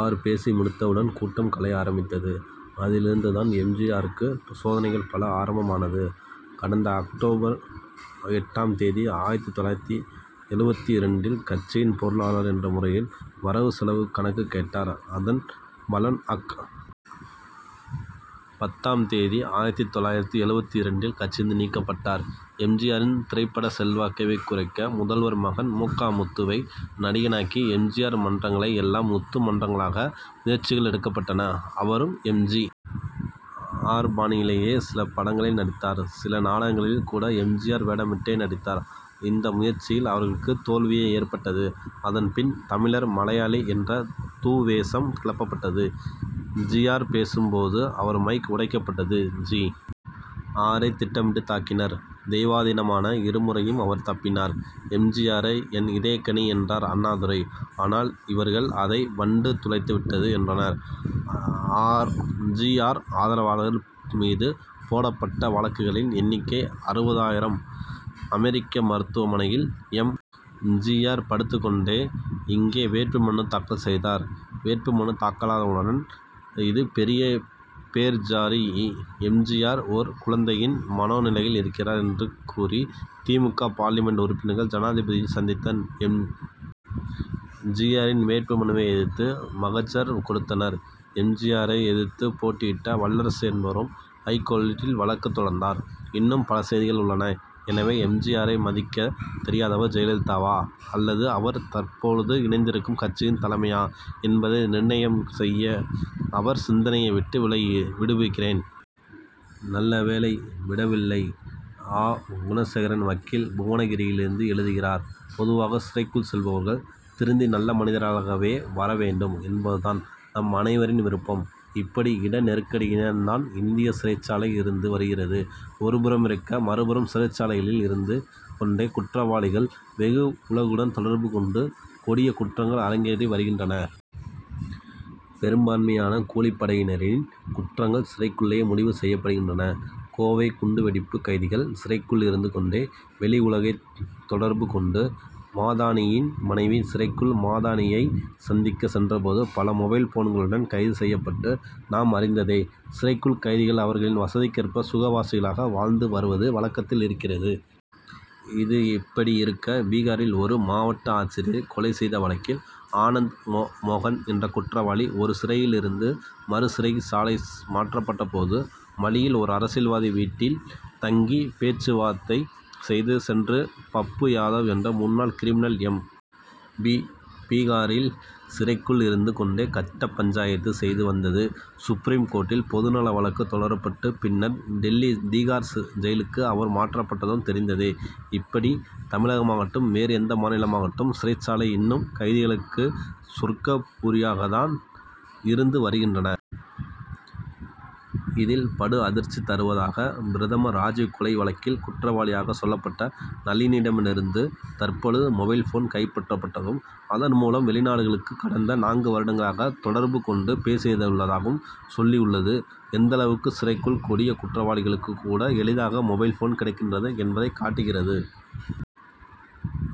R. பேசி முடித்தவுடன் கூட்டம் கலைய ஆரம்பித்தது. அதிலிருந்துதான் எம். ஜி. ஆருக்கு சோதனைகள் பல ஆரம்பம் ஆனது. கடந்த அக். எட்டாம் தேதி ஆயிரத்து தொள்ளாயிரத்து எழுபத்து இரண்டில் கட்சியின் பொருளாளர் என்ற முறையில் வரவு செலவு கணக்கை கேட்டார். அதன் பலன் அக். பத்தாம் தேதி ஆயிரத்து தொள்ளாயிரத்து எழுபத்து இரண்டில் கட்சியிலிருந்து நீக்கப்பட்டார். எம். ஜி. ஆரின் திரைப்பட செல்வாக்கை குறைக்க முதல்வர் மகன் மு. க. முத்து வை நடிகனாக்கி எம். ஜி. ஆர். மன்றங்களை எல்லாம் முத்து மன்றங்களாக்க முயற்சிகள் எடுக்கப்பட்டன. அவரும் எம். ஜி. ஆர். பாணியிலேயே சில திரைப்படங்களில் நடித்தார். சில நாடகங்களில் கூட எம். ஜி. ஆர். வேடமிட்டே நடித்தார். இந்த முயற்சியில் அவர்களுக்கு தோல்வியே ஏற்பட்டது. அதன் பின் தமிழர் மலையாளி என்ற துவேஷம் கிளப்பப்பட்டது. ஜி. ஆர். பேசும் போது அவர் மைக் உடைக்கப்பட்டது. ஜி. ஆரை திட்டமிட்டு தாக்கினர். தெய்வாதீனமாக இருமுறையும் அவர் தப்பினார். எம். ஜி. ஆரை என் இதயக்கனி என்றார் அண்ணாதுரை. ஆனால் இவர்கள் அதை வண்டு துளைத்து விட்டது என்றனர். ஜி. ஆர். ஆதரவாளர்கள் மீது போடப் பட்ட வழக்குகளின் எண்ணிக்கை அருபது ஆயிரம். அமெரிக்க மருத்துவ மனையில் எம். ஜி. ஆர். படுத்துக் கொண்டே இங்கே வேட்பு மனு தாக்கல் செய்தார். வேட்பு மனு தாக்கலானவுடன் இது பெரிய போர்ஜரி எம். ஜி. ஆர். ஒரு குழந்தையின் மனோ நிலையில் இருக்கிறார் எனக் கூறி தி. மு. க. பார்லிமென்ட் உறுப்பினர்கள் ஜனாதிபதியை சந்தித்தனர். எம். ஜி. ஆரின் வேட்பு மனுவை எதிர்த்து மகஜர் கொடுத்தனர். எம். ஜி. ஆரை எதிர்த்து போட்டியிட்ட வல்லரசு என்பவரும் ஐகோர்ட்டில் வழக்கு தொடர்ந்தார். இன்னும் பல செய்திகள் உள்ளன. எனவே எம். ஜி. ஆரை மதிக்கத் தெரியாதவர் ஜெயலலிதாவா அல்லது அவர் தற்போது இணைந்திருக்கும் கட்சியின் தலைமையா என்பதை நிர்ணயம் செய்ய அவர் சிந்தனைக்கே விட்டு விடுகிறேன். நல்ல வேளை விடவில்லை! அ. குணசேகரன் வக்கீல் புவனகிரியிலிருந்து எழுதுகிறார் பொதுவாக சிறைக்குள் செல்பவர்கள் திருந்தி நல்ல மனிதர் களாக வரவேண்டும் என்பது தான் நம் அனைவரின் விருப்பம். இப்படி இட நெருக்கடியுடன் தான் இந்திய சிறைச் சாலைகள் இருந்து வருகின்றன. இது ஒருபுறமிருக்க மறுபுறம் சிறைச்சாலைகளில் இருந்து கொண்டே குற்றவாளிகள் வெளி உலகுடன் தொடர்பு கொண்டு கொடியக் குற்றங்கள் அரங்கேற்றி வருகின்றனர். பெரும்பான்மையான கூலிப்படையினரின் குற்றங்கள் சிறைக்குள்ளேயே முடிவு செய்யப்படுகின்றன. கோவை குண்டு வெடிப்பு கைதிகள் சிறைக்குள் இருந்து கொண்டே வெளி உலகை தொடர்பு கொண்டது மதானியின் மனைவி சிறைக்கு மதானியை சந்திக்க சென்ற போது பல மொபைல் போன்களுடன் கைது செய்யப்பட்டது நாம் அறிந்ததே. சிறைக்குள் கைதிகள் அவர்களின் வசதிக்கேற்ப சுகவாசிகளாக வாழ்ந்து வருவது வழக்கத்தில் இருக்கிறது. இது இப்படி இருக்க பீகாரில் ஒரு மாவட்ட ஆட்சியரை கொலை செய்த வழக்கில் ஆனந்த் மோகன் என்ற குற்றவாளி ஒரு சிறையிலிருந்து மறு சிறைச் சாலைக்கு மாற்றப்பட்ட போது வழியில் ஒரு அரசியல்வாதி வீட்டில் தங்கி பேச்சு வார்த்தை செய்து சென்றதும் பப்பு யாதவ் என்ற முன்னாள் கிரிமினல் எம். பி. பீகாரில் சிறைக்குள் இருந்து கொண்டே கட்ட பஞ்சாயத்து செய்து வந்ததும் சுப்ரீம் கோர்ட்டில் பொது நலவழக்கு தொடரப்பட்டு பின்னர் டில்லி திகார் ஜெயிலுக்கு அவர் மாற்றப்பட்டதும் தெரிந்ததே! இப்படி தமிழகமாகட்டும் வேறு எந்த மாநிலமாகட்டும் சிறைச்சாலைகள் இன்னும் கைதிகளுக்கு சொர்க்க புரியாகத்தான் இருந்து வருகின்றன. இதில் படு அதிர்ச்சி தருவதாக பிரதமர் ராஜிவ் கொலை வழக்கில் குற்றவாளியாக சொல்லப்பட்ட நளினியிடமிருந்து தற்போது மொபைல்போன் கைப்பற்றப்பட்டதும் அதன்மூலம் அவர் வெளிநாடுகளுக்கு கடந்த நான்கு வருடங்களாக தொடர்பு கொண்டு பேசியுள்ளதாகச் சொல்லியுள்ளது எந்தளவுக்கு சிறைக்குள் கொடியக் குற்றவாளிகளுக்குக் கூட எளிதாக மொபைல்போன் கிடைக்கிறது என்பதை காட்டுகிறது.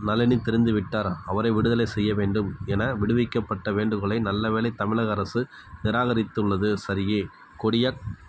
நளினி திருந்திவிட்டார் அவரை விடுதலை செய்ய வேண்டும் என விடுக்கப்பட்ட வேண்டுகோளை நல்லவேளை தமிழக அரசு நிராகரித்துள்ளது சரியே. கொடியக்